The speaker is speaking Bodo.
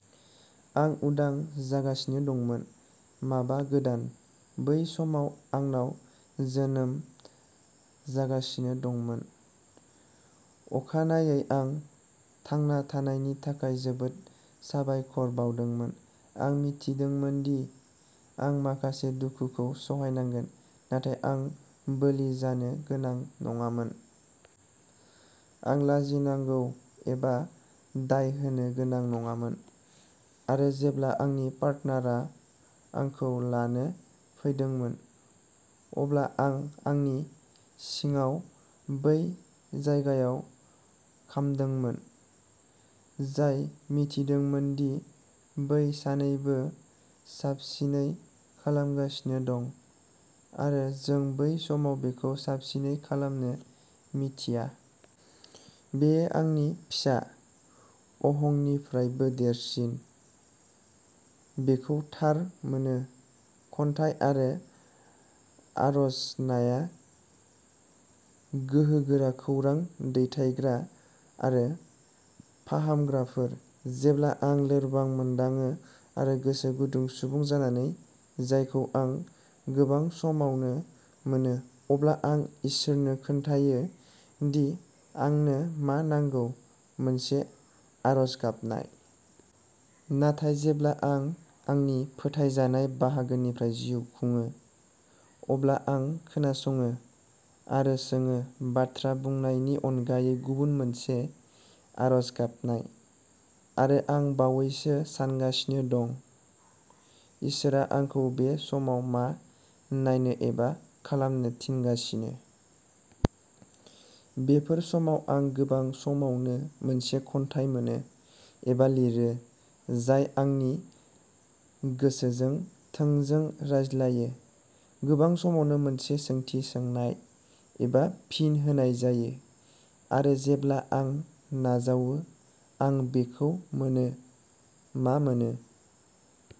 आं उदां जागासिनो दंमोन। माबा गोदान। बै समाव आंनाव जोनोम जागासिनो दंमोन। अखानायै आं थांना थानायनि थाखाय जोबोद साबायखर बावदोंमोन। आं मिथिदोंमोन दि आं माखासे दुखुखौ सहायनांगोन, नाथाय आं बोलि जानो गोनां नङामोन। आं लाजिनांगौ एबा दाय होनो गोनां नङामोन। आरो जेब्ला आंनि पार्टनारा आंखौ लानो फैदोंमोन, अब्ला आं आंनि सिङाव बै जायगायाव खामदोंमोन, जाय मिथिदोंमोन दि जों सानैबो साबसिनै खालामगासिनो दं, आरो जों बै समाव बेखौ साबसिनै खालामनो मिथिया। बेयो आंनि फिसा अहंनिफ्रायबो देरसिन-- बेखौ थार मोनो। खन्थाइ आरो आर'जनाया गोहोगोरा खौरां दैथायग्रा आरो फाहामग्राफोर। जेब्ला आं लोरबां मोनदाङो, आरो गोसो गुदुं सुबुं जानानै जायखौ आं गोबां समावनो मोनो, अब्ला आं इसोरनो खोन्थायो दि आंनो मा नांगौ-मोनसे आर'ज गाबनाय। नाथाय जेब्ला आं आंनि फोथायजानाय बाहागोनिफ्राय जिउ खुङो, अब्ला आं खोनासङो आरो सोङो, बाथ्रा बुंनायनि अनगायै-गुबुन मोनसे आर'ज गाबनाय। आरो आं बावैसो सानगासिनो दंः इसोरआ आंखौ बे समाव मा नायनो एबा खालामनो थिनगासिनो? बेफोर समाव आं गोबां समावनो मोनसे खन्थाइ मोनो एबा लिरो जाय आंनि गोसोजों थोंजों रायज्लायो। गोबां समावनो मोनसे सोंथि सोंनाय एबा फिन होनाय जायो, आरो जेब्ला आं नाजावो, आं बेखौ मोनो। मा मोनो?